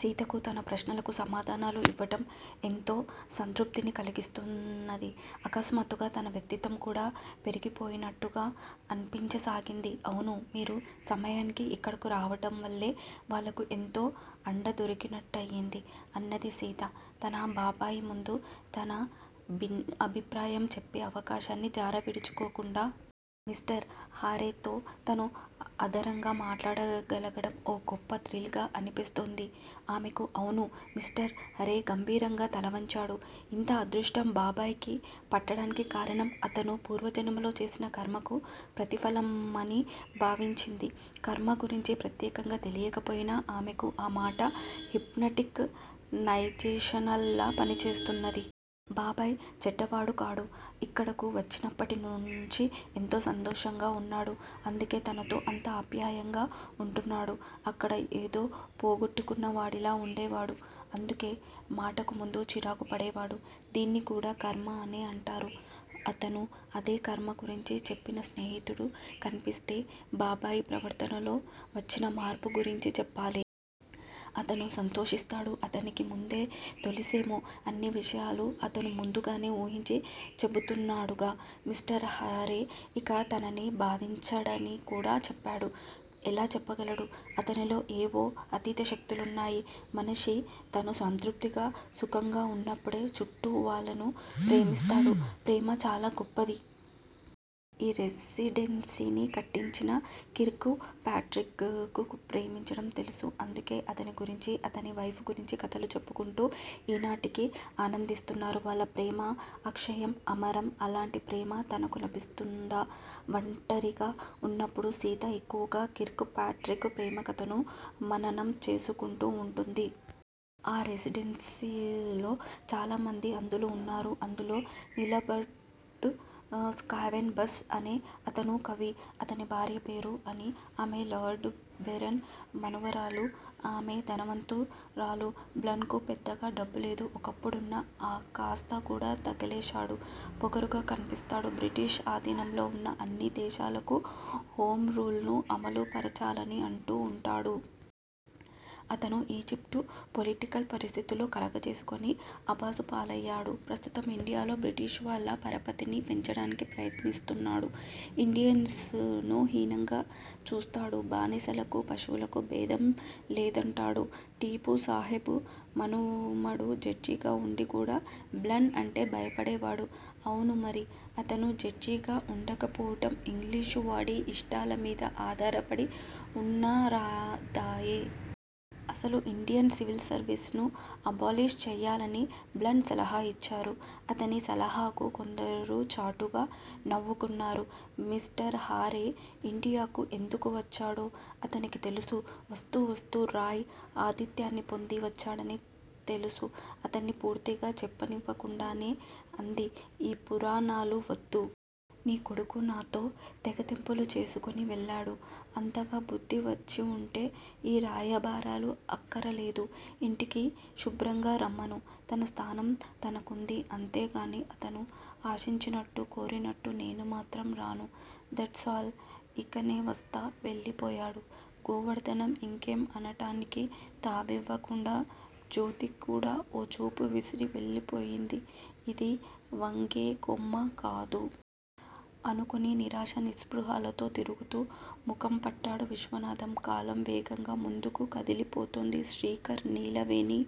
సీతకు తన ప్రశ్నలకు సమాధానాలు ఇవ్వడం ఎంతో సంతృప్తిని కలిగిస్తున్నది. అకస్మాత్తుగా తన వ్యక్తిత్వం కూడా పెరిగిపోయినట్టుగా అన్పించసాగింది. అవును! మీరు సమయానికి ఇక్కడకు రావడంవల్లే వాళ్ళకు ఎంతో అండదొరికినట్టు అయింది. అన్నది సీత తన బాబాయి ముందు తన అభిప్రాయం చెప్పే అవకాశాన్ని జారవిడుచుకోకుండా. మిస్టర్ హారేతో తను ఆధరంగా మాట్లాడగలగడం ఓ గొప్ప థ్రిల్ గా అనిపిస్తోంది ఆమెకు. అవును! మిస్టర్ హారే గంభీరంగా తలవంచాడు. ఇంత అదృష్టం బాబాయికి పట్టడానికి కారణం అతను పూర్వజన్మలో చేసిన కర్మకు ప్రతిఫలమని భావించింది. కర్మ గురించి ప్రత్యేకంగా తెలియకపోయినా ఆమెకు ఆ మాట హిప్నటిక్ నైజేషన్ లా పనిచేస్తున్నది. బాబాయ్ చెడ్డవాడు కాడు. ఇక్కడకు వచ్చినప్పటినుంచి ఎంతో సంతోషంగా వున్నాడు. అందుకే తనతో అంత ఆప్యాయంగా వుంటున్నాడు. అక్కడ ఏదో పోగొట్టుకున్నవాడిలా వుండేవాడు. అందుకే మాటకుముందు చిరాకు పడేవాడు. దీన్ని కూడా కర్మ అనే అంటారు. అతను అదే కర్మ గురించి చెప్పిన స్నేహితుడు కన్పిస్తే బాబాయి ప్రవర్తనలో వచ్చిన మార్పు గురించి చెప్పాలి. అతను సంతోషిస్తాడు. అతనికి ముందే తెలుసేమో! అన్ని విషయాలు అతను ముందుగానే ఊహించి చెబుతున్నాడుగా. మిస్టర్ హారే ఇక తనని బాధించడని కూడా చెప్పాడు. ఎలా చెప్పగలడు? అతనిలో ఏవో అతీత శక్తులున్నాయి. మనిషి తను సంతృప్తిగా, సుఖంగా ఉన్నప్పుడే చుట్టూ వాళ్ళను ప్రేమిస్తాడు. ప్రేమ చాలా గొప్పది. ఈ రెసిడెన్సీని కట్టించిన కిర్క్ పాట్రిక్ కు ప్రేమించడం తెలుసు. అందుకే అతని గురించీ, అతని వైఫ్ గురించి కథలు చెప్పుకుంటూ ఈనాటికీ ఆనందిస్తున్నారు. వాళ్ళ ప్రేమ అక్షయం, అమరం. అలాంటి ప్రేమ తనకు లభిస్తుందా? వంటరిగా ఉన్నప్పుడు సీత ఎక్కువగా కిర్క్ పాట్రిక్ ప్రేమకథను మననం చేసుకుంటూ వుంటుంది. ఆ రెసిడెన్సీలో చాలామంది అంధులు వున్నారు. అందులో విలబర్డ్ స్కావెన్ బస్ అనే అతను కవి. అతని భార్య పేరు అనీ. ఆమె లార్డు బెరన్ మనుమరాలు. ఆమె ధనవంతురాలు. బ్లన్ కు పెద్దగా డబ్బులేదు. ఒకప్పుడున్న ఆకాస్త కూడా తగలేశాడు. పొగరుగా కన్పిస్తాడు. బ్రిటిష్ ఆధీనంలో వున్న అన్ని దేశాలకూ హోంరూలును అమలు పరచాలని అంటూ వుంటాడు. అతను ఈజిప్టు పొలిటికల్ పరిస్థితుల్లో కలుగజేసుకొని అభాసుపాలయ్యాడు. ప్రస్తుతం ఇండియాలో బ్రిటిష్ వాళ్ళ పరపతిని పెంచటానికి ప్రయత్నిస్తున్నాడు. ఇండియన్స్ ను హీనంగా చూస్తాడు. బానిసలకూ పశువులకూ భేదం లేదంటాడు. టీపూ సాహెబ్ మనుమడు జడ్జిగా వుండి కూడా బ్లన్ అంటే భయపడేవాడు. అవును! మరి! అతను జడ్జిగా వుండకపోవటం ఇంగ్లీషువాడి ఇష్టాల మీద ఆధారపడి వున్నదాయె! అసలు ఇండియన్ సివిల్ సర్వీసును అబాలిష్ చెయ్యాలని బ్లన్ సలహా ఇచ్చాడు. అతని సలహాకు కొందరు చాటుగా నవ్వుకున్నారు. మిస్టర్ హారే ఇండియాకు ఎందుకు వచ్చాడో అతనికి తెలుసు. వస్తూవస్తూ రాయ్ ఆతిథ్యాన్ని పొంది వచ్చాడని తెలుసు. అతన్ని పూర్తిగా చెప్పనివ్వకుండానే అంది. ఈ పురాణాలు వద్దు. నీ కొడుకు నాతో తెగతెంపులు చేసుకుని వెళ్ళాడు. అంతగా బుద్ధి వచ్చివుంటే యీ రాయబారాలు అక్కరలేదు. ఇంటికి శుభ్రంగా రమ్మను. తన స్థానం తనకుంది. అంతేగానీ అతను ఆశించినట్టు కోరినట్టు నేను మాత్రం రాను! దట్సాల్! యికనే వస్తా? వెళ్ళిపోయాడు గోవర్ధనం ఇంకేం అనటానికీ తావివ్వకుండా జ్యోతికూడా ఓ చూపు విసిరి వెళ్ళిపోయింది ఇది వంగేకొమ్మ కాదు! అనుకుని నిరాశా నిస్పృహలతో తిరుగుతు ముఖంపట్టాడు విశ్వనాథం. కాలం వేగంగా ముందుకు కదలిపోతోంది. శ్రీకర్ నీలవేణి